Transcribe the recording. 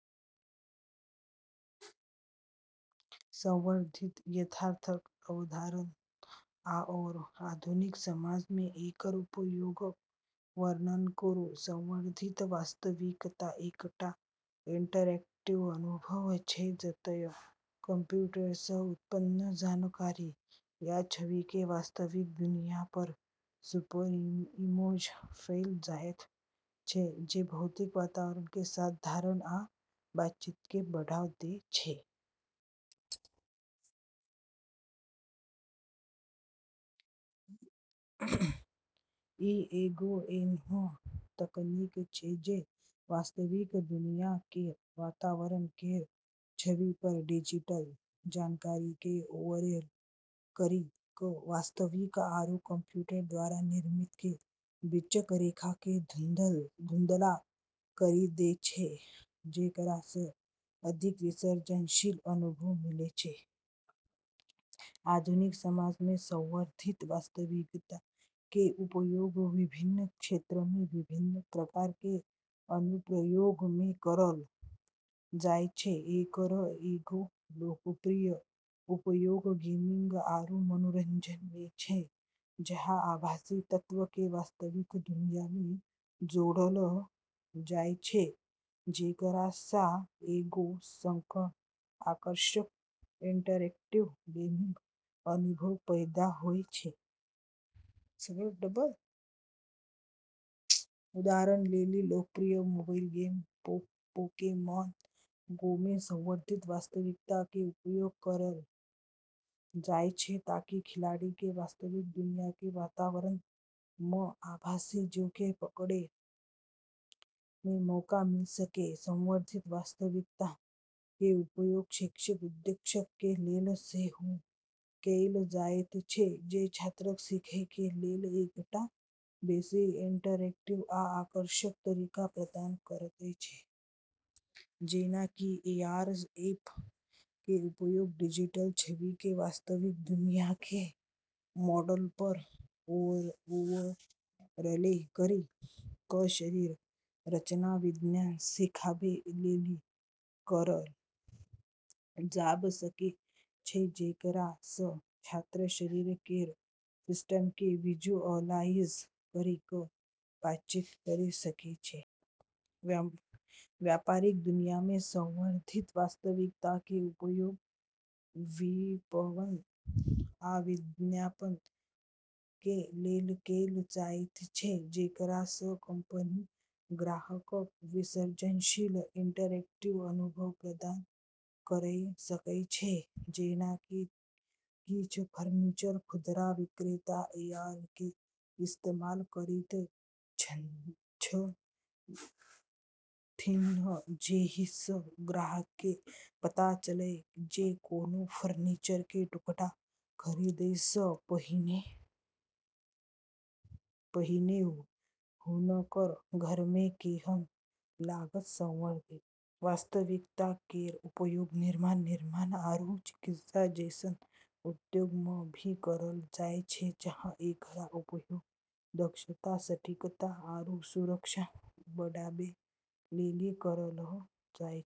संवर्धित यथार्थक अवधारणा आऔर आधुनिक समाज मे एकर उपयोगक वर्णन करु: संवर्धित वास्तविकता एकटा इंटरैक्टिव अनुभव छै जतय कंप्यूटर सं उत्पन्न जानकारी या छवि के वास्तविक दुनिया पर सुपरइम्पोज कैल जायत छै, जे भौतिक वातावरण के साथ धारणा आ बातचीत के बढ़ावा दै छै। ई एगो ऐन्हऽ तकनीक छै जे वास्तविक दुनिया केरऽ वातावरण केरऽ छवि पर डिजिटल जानकारी के ओवरले करी कऽ वास्तविक आरू कंप्यूटर द्वारा निर्मित के बीचक रेखा के धुंधला करी दै छै, जेकरा सऽ अधिक विसर्जनशील अनुभव मिलै छै। आधुनिक समाज मे संवर्धित वास्तविकता के उपयोग विभिन्न क्षेत्रऽ मे विभिन्न प्रकार के अनुप्रयोगऽ मे करलऽ जाय छै। एकरऽ एगो लोकप्रिय उपयोग गेमिंग आरू मनोरंजन मे छै, जहाँ आभासी तत्व के वास्तविक दुनिया मे जोड़लऽ जाय छै, जेकरा सऽ एगो आकर्षक, इंटरैक्टिव गेमिंग अनुभव पैदा होय छै। उदाहरण लेली, लोकप्रिय मोबाइल गेम पोकेमॉन गो मे संवर्धित वास्तविकता के उपयोग करलऽ जाय छै ताकि खिलाड़ी के वास्तविक दुनिया के वातावरण मऽ आभासी जीव के पकड़ै के मौका मिल सकै। संवर्धित वास्तविकता के उपयोग शैक्षिक उद्देश्यक के लेल सेहो कैल जायत छै, जे छात्रक सीखय के लेल एकटा बेसि इंटरैक्टिव आ आकर्षक तरीका प्रदान करयत छै। जेना कि एआर ऐप के उपयोग डिजिटल छवि के वास्तविक दुनिया के मॉडल पर ओवरले करी कऽ शरीर रचना विज्ञान सिखाबै लेली करलऽ जाब सकै छै, जेकरा सऽ छात्र शरीर केरऽ सिस्टम के विजुअलाइज करी कऽ बातचीत करी सकै छै। व्यापारिक दुनिया मे संवर्धित वास्तविकता के उपयोग विपणन आ विज्ञापन के लेल कैल जायत छै, जेकरा सं कंपनी ग्राहकक विसर्जनशील, इंटरैक्टिव अनुभव प्रदान करय सकय छै। जेना कि किछ फर्नीचर खुदरा विक्रेता एआर के इस्तेमाल करैत छथिन्ह जेहि सं ग्राहक के पता चलय जे कोनो फर्नीचर के टुकड़ा खरीदय सऽ पहिने हुनकर घर मे केहन लागत ।संवर्धित वास्तविकता केरऽ उपयोग निर्माण, निर्माण, आरू चिकित्सा जैसनऽ उद्योगऽ मऽ भी करलऽ जाय छै, जहां एकरऽ उपयोग दक्षता, सटीकता, आरू सुरक्षा बढ़ाबै लेली करलऽ जाय छै।